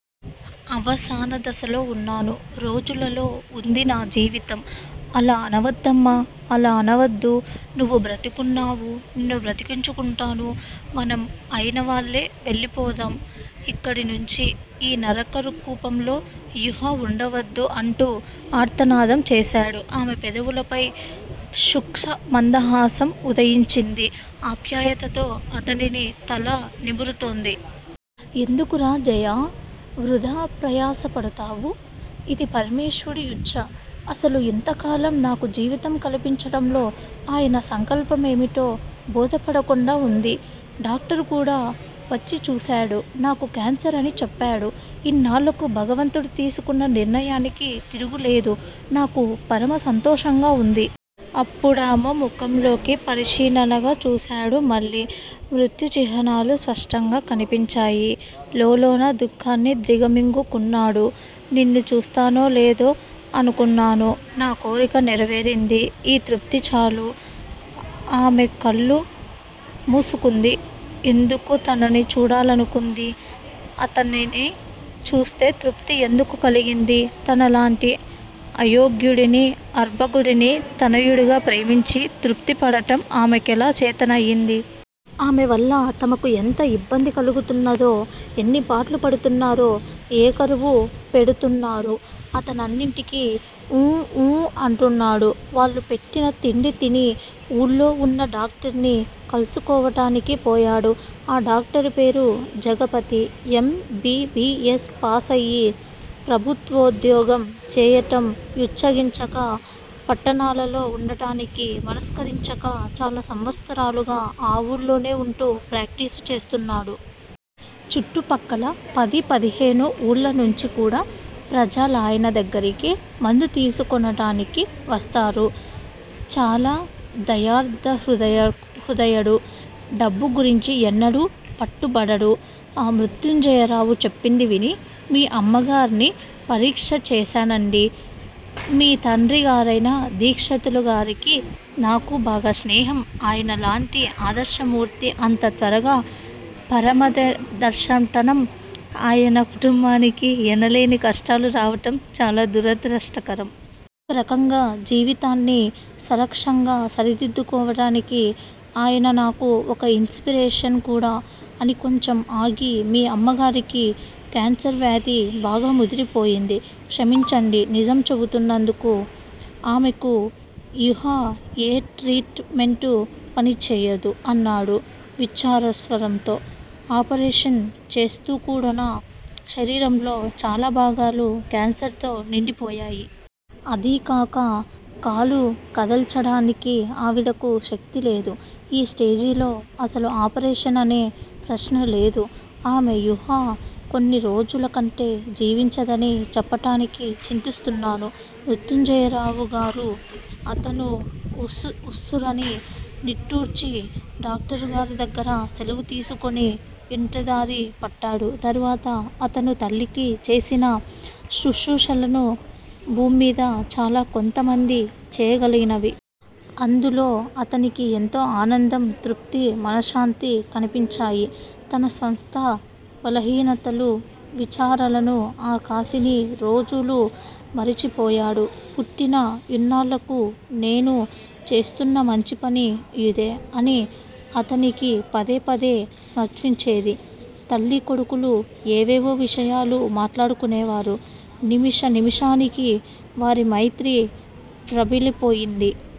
అవసానదశలో వున్నాను. రోజులలో వుంది నా జీవితం. అలా అనవద్దమ్మా. అలా అనవద్దు. నువ్వు బ్రతుకుతావు. నిన్ను బ్రతికించుకుంటాను. మనం యివాళే వెళ్ళిపోదాం యిక్కడ్నుంచి, ఈ నరక కూపంలో యిహ వుండవద్దు అంటూ ఆర్తనాదం చేశాడు. ఆమె పెదవులపై శుష్కమందహాసం ఉదయించింది. ఆప్యాయతతో అతని తల నిమురుతోంది. ఎందుకురా జయా! వృధా ప్రయాస పడతావు? ఇది పరమేశ్వరుడి యిచ్ఛ. అసలు యింతకాలం నాకు జీవితం కల్పించటంలో ఆయన సంకల్పమేమిటో బోధపడకుండా వుంది. డాక్టరుకూడా వచ్చి చూశాడు. నాకు క్యాన్సర్ అని చెప్పాడు. ఇన్నాళ్ళకు భగవంతుడు తీసుకున్న నిర్ణయానికి తిరుగులేదు. నాకు పరమ సంతోషంగా వుంది. అప్పుడామె ముఖంలోకి పరిశీలనగా చూశాడు మళ్ళీ. మృత్యుచిహ్నాలు స్పష్టంగా కనిపించాయి. లోలోన దుఃఖాన్ని దిగమ్రింగుకున్నాడు. నిన్ను చూస్తానోలేదో అనుకున్నాను. నా కోరిక నెరవేరింది. ఈ తృప్తిచాలు ఆమె కళ్ళు మూసుకుంది. ఎందుకు తనని చూడాలనుకుంది? తనని చూస్తే తృప్తి ఎందుకు కలిగింది? తనలాంటి అయోగ్యుడిని, అర్భకుడిని తనయుడిగా ప్రేమించి, తృప్తిపడటం ఆమెకెలా చేతనైంది? ఆమెవల్ల తమకు ఎంత యిబ్బంది కలుగుతున్నదో, యెన్ని పాట్లు పడుతున్నారో ఏకరువు పెడుతున్నారు. అతనన్నిటికి ఊఁ, ఊఁ అంటున్నాడు. వాళ్ళు పెట్టిన తిండి తిని ఊళ్ళో వున్న డాక్టర్ని కలుసుకొనటానికి పోయాడు. ఆ డాక్టరుపేరు Jagapathi. M. B. B. S. ప్యాసయి, ప్రభుత్వోద్యోగం చేయటం యిచ్ఛగించక పట్టణాలలో వుండటానికి మనస్కరించక చాలా సంవత్సరాలుగా ఆ వూళ్ళోనే వుంటూ ప్రాక్టీసు చేస్తున్నాడు. చుట్టుప్రక్కల పది పదిహేను ఊళ్ళనుంచికూడా ప్రజలాయన దగ్గరకే మందు తీసుకొనటానికి వస్తారు. చాలా దయార్ద్రహృదయుడు. డబ్బుగురించి ఎన్నడూ pattubadadu మృత్యుంజయరావు చెప్పింది విని మీ అమ్మగార్ని పరీక్ష చేశానండీ. మీ తండ్రిగారైన దీక్షితులుగారికీ నాకూ బాగా స్నేహం ఆయనలాంటి ఆదర్శమూర్తి అంత త్వరగా పరమపదించటం, ఆయన కుటుంబానికి ఎనలేని కష్టాలు రావటం చాలా దురదృష్టకరం. ఒకరకంగా జీవితాన్ని సలక్షణంగా సరిదిద్దుకోవటానికి ఆయన నాకు ఒక యిన్స్పిరేషన్ కూడా అని కొంచెం ఆగి మీ అమ్మగారికి కేన్సర్ వ్యాధి బాగా ముదిరిపోయింది. క్షమించండి నిజం చేబుతూన్నందుకు. ఆమెకు యిహ ఏ ట్రీట్ మెంటూ పనిచెయ్యదు అన్నాడు విచారస్వరంతో. ఆపరేషన్ చేస్తేకూడానా? శరీరంలో చాలాభాగాలు కేన్సర్ తో నిండిపోయాయి. అదీగాక కాలు కదల్చటానికి ఆవిడకు శక్తిలేదు. ఈ స్టేజిలో అసలు ఆపరేషన్ అనే ప్రశ్నలేదు. ఆమె యిహ కొన్నిరోజులకంటే జీవించదని చెప్పటానికి చింతిస్తున్నాను మృత్యుంజయరావుగారూ! అతను ఉస్సురని నిట్టూర్చి, డాక్టరుగారిదగ్గర సెలవు తీసుకుని యింటిదారి పట్టాడు. తర్వాత అతను తల్లికి చేసిన శుశ్రూషలు భూమ్మీద చాలా కొద్దిమంది చేయగలిగినవి. అందులో అతనికి ఎంతో అనందం, తృప్తీ, మనశ్శాంతీ కనిపించాయి. తన స్వంత బలహీనతలనూ, విచారాలనూ ఆ కాసిని రోజులూ మరిచిపోయాడు. పుట్టిన యిన్నాళ్ళకు 'నేను చేస్తూన్న మంచిపని యిదే' అని అతనికి పదే పదే స్పురించేది. తల్లీకొడుకులు ఏవేవో విషయాలు మాట్లాడుకునేవారు. నిమిష నిమిషానికీ వారి మైత్రి ప్రబలిపోయింది.